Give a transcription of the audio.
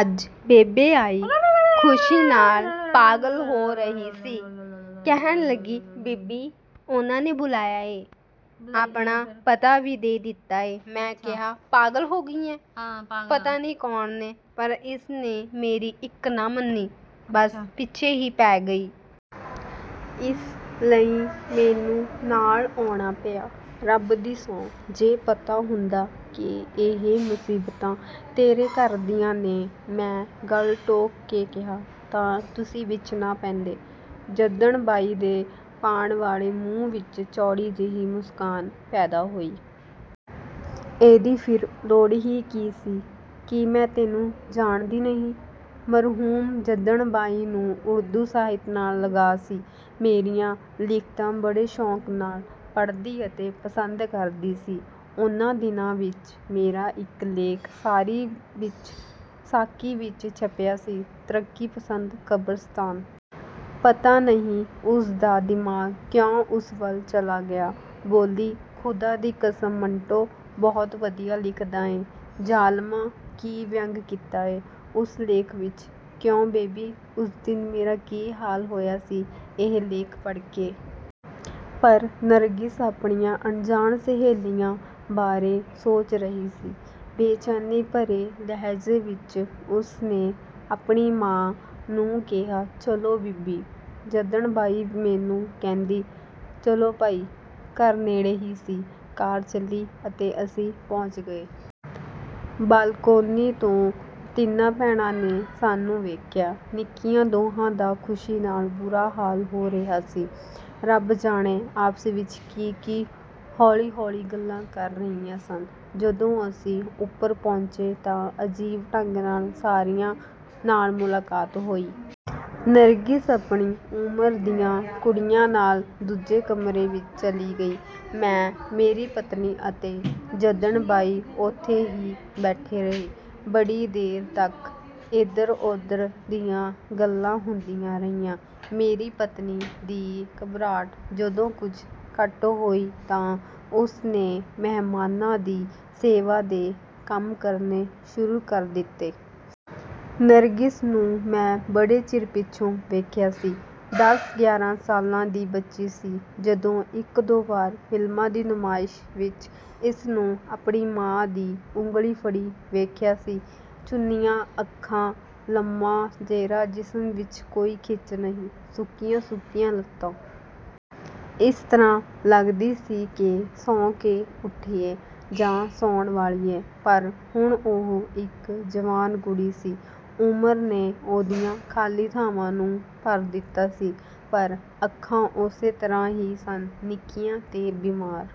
ਅੱਜ ਬੇਬੀ ਆਈ, ਖੁਸ਼ੀ ਨਾਲ ਪਾਗਲ ਹੋ ਰਹੀ ਸੀ, ਕਹਿਣ ਲੱਗੀ, ਬੀਬੀ! ਉਨ੍ਹਾਂ ਨੇ ਬੁਲਾਇਆ ਏ। ਆਪਣਾ ਪਤਾ ਵੀ ਦੇ ਦਿੱਤਾ ਏ। ਮੈਂ ਕਿਹਾ, ਪਾਗਲ ਹੋ ਗਈ ਏਂ। ਪਤਾ ਨਹੀਂ ਕੌਣ ਨੇ। ਪਰ ਇਸ ਨੇ ਮੇਰੀ ਇੱਕ ਨਾ ਮੰਨੀ, ਬਸ ਪਿੱਛੇ ਹੀ ਪੈ ਗਈ। ਇਸ ਲਈ ਮੈਨੂੰ ਨਾਲ ਆਉਣਾ ਪਿਆ। ਰੱਬ ਦੀ ਸਹੁੰ, ਜੇ ਪਤਾ ਹੁੰਦਾ ਕਿ ਇਹ ਮੁਸੀਬਤਾਂ ਤੇਰੇ ਘਰ ਦੀਆਂ ਨੇ। ਮੈਂ ਗੱਲ ਟੋਕ ਕੇ ਕਿਹਾ, ਤਾਂ ਤੁਸੀਂ ਵਿਚ ਨਾ ਪੈਂਦੇ। ਜੱਦਨ ਬਾਈ ਦੇ ਪਾਨ ਵਾਲੇ ਮੂੰਹ ਵਿੱਚ ਚੌੜੀ ਜਿਹੀ ਮੁਸਕਾਨ ਪੈਦਾ ਹੋਈ। ਇਹਦੀ ਫਿਰ ਲੋੜ ਹੀ ਕੀ ਸੀ। ਕੀ ਮੈਂ ਤੈਨੂੰ ਜਾਣਦੀ ਨਹੀਂ। ਮਰਹੂਮ ਜੱਦਨ ਬਾਈ ਨੂੰ ਉਰਦੂ ਸਾਹਿਤ ਨਾਲ ਲਗਾਅ ਸੀ। ਮੇਰੀਆਂ ਲਿਖਤਾਂ ਬੜੇ ਸ਼ੌਂਕ ਨਾਲ ਪੜ੍ਹਦੀ ਅਤੇ ਪਸੰਦ ਕਰਦੀ ਸੀ। ਉਨ੍ਹਾਂ ਦਿਨਾਂ ਵਿੱਚ ਮੇਰਾ ਇੱਕ ਲੇਖ ਸਾਕੀ ਵਿੱਚ ਛਪਿਆ ਸੀ ਤਰੱਕੀ-ਪਸੰਦ ਕਬਰਸਤਾਨ। ਪਤਾ ਨਹੀਂ ਉਸ ਦਾ ਦਿਮਾਗ ਕਿਉਂ ਉਸ ਵੱਲ ਚਲਾ ਗਿਆ, ਬੋਲੀ, ਖੁਦਾ ਦੀ ਕਸਮ ਮੰਟੋ, ਬਹੁਤ ਵਧੀਆ ਲਿਖਦਾ ਏਂ। ਜ਼ਾਲਮਾ, ਕੀ ਵਿਅੰਗ ਕੀਤਾ ਏ ਉਸ ਲੇਖ ਵਿੱਚ। ਕਿਉਂ ਬੇਬੀ, ਉਸ ਦਿਨ ਮੇਰਾ ਕੀ ਹਾਲ ਹੋਇਆ ਸੀ ਇਹ ਲੇਖ ਪੜ੍ਹ ਕੇ। ਪਰ ਨਰਗਿਸ ਆਪਣੀਆਂ ਅਣਜਾਣ ਸਹੇਲੀਆਂ ਬਾਰੇ ਸੋਚ ਰਹੀ ਸੀ। ਬੇਚੈਨੀ ਭਰੇ ਲਹਿਜ਼ੇ ਵਿੱਚ ਉਸ ਨੇ ਆਪਣੀ ਮਾਂ ਨੂੰ ਕਿਹਾ, ਚਲੋ ਬੀਬੀ। ਜੱਦਨ ਬਾਈ ਮੈਨੂੰ ਕਹਿੰਦੀ, ਚਲੋ ਭਾਈ। ਘਰ ਨੇੜੇ ਹੀ ਸੀ। ਕਾਰ ਚੱਲੀ ਅਤੇ ਅਸੀਂ ਪਹੁੰਚ ਗਏ। ਬਾਲਕੋਨੀ ਤੋਂ ਤਿੰਨਾਂ ਭੈਣਾਂ ਨੇ ਸਾਨੂੰ ਵੇਖਿਆ। ਨਿੱਕੀਆਂ ਦੋਹਾਂ ਦਾ ਖੁਸ਼ੀ ਨਾਲ ਬੁਰਾ ਹਾਲ ਹੋ ਰਿਹਾ ਸੀ। ਰੱਬ ਜਾਣੇ ਆਪਸ ਵਿੱਚ ਕੀ ਹੌਲੀ ਹੌਲੀ ਗੱਲਾਂ ਕਰ ਰਹੀਆਂ ਸਨ। ਜਦੋਂ ਅਸੀਂ ਉੱਪਰ ਪਹੁੰਚੇ ਤਾਂ ਅਜੀਬ ਢੰਗ ਨਾਲ ਸਾਰਿਆਂ ਨਾਲ ਮੁਲਾਕਾਤ ਹੋਈ। ਨਰਗਿਸ ਆਪਣੀ ਉਮਰ ਦੀਆਂ ਕੁੜੀਆਂ ਨਾਲ ਦੂਜੇ ਕਮਰੇ ਵਿੱਚ ਚਲੀ ਗਈ। ਮੈਂ, ਮੇਰੀ ਪਤਨੀ ਅਤੇ ਜੱਦਨ ਬਾਈ ਉੱਥੇ ਹੀ ਬੈਠੇ ਰਹੇ। ਬੜੀ ਦੇਰ ਤੱਕ ਏਧਰ ਉਧਰ ਦੀਆਂ ਗੱਲਾਂ ਹੁੰਦੀਆਂ ਰਹੀਆਂ। ਮੇਰੀ ਪਤਨੀ ਦੀ ਘਬਰਾਹਟ ਜਦੋਂ ਕੁਝ ਘੱਟ ਹੋਈ ਤਾਂ ਉਸ ਨੇ ਮਹਿਮਾਨਾਂ ਦੀ ਸੇਵਾ ਦੇ ਕੰਮ ਕਰਨੇ ਸ਼ੁਰੂ ਕਰ ਦਿੱਤੇ। ਨਰਗਿਸ ਨੂੰ ਮੈਂ ਬੜੇ ਚਿਰ ਪਿੱਛੋਂ ਵੇਖਿਆ ਸੀ। ਦਸ ਗਿਆਰਾਂ ਸਾਲਾਂ ਦੀ ਬੱਚੀ ਸੀ, ਜਦੋਂ ਇੱਕ ਦੋ ਵਾਰ ਫ਼ਿਲਮਾਂ ਦੀ ਨੁਮਾਇਸ਼ ਵਿੱਚ ਇਸ ਨੂੰ ਆਪਣੀ ਮਾਂ ਦੀ ਉਂਗਲੀ ਫੜੀ ਵੇਖਿਆ ਸੀ। ਚੁੰਨੀਆਂ ਅੱਖਾਂ, ਲੰਮਾ ਚਿਹਰਾ, ਜਿਸਮ ਵਿੱਚ ਕੋਈ ਖਿੱਚ ਨਹੀਂ, ਸੁੱਕੀਆਂ ਸੁੱਕੀਆਂ ਲੱਤਾਂ। ਇਸ ਤਰ੍ਹਾਂ ਲੱਗਦੀ ਸੀ ਕਿ ਸੌਂ ਕੇ ਉੱਠੀ ਏ ਜਾਂ ਸੌਣ ਵਾਲੀ ਏ, ਪਰ ਹੁਣ ਉਹ ਇੱਕ ਜਵਾਨ ਕੁੜੀ ਸੀ। ਉਮਰ ਨੇ ਉਹਦੀਆਂ ਖਾਲੀ ਥਾਵਾਂ ਨੂੰ ਭਰ ਦਿੱਤਾ ਸੀ, ਪਰ ਅੱਖਾਂ ਉਸੇ ਤਰ੍ਹਾਂ ਹੀ ਸਨ, ਨਿੱਕੀਆਂ ਤੇ ਬਿਮਾਰ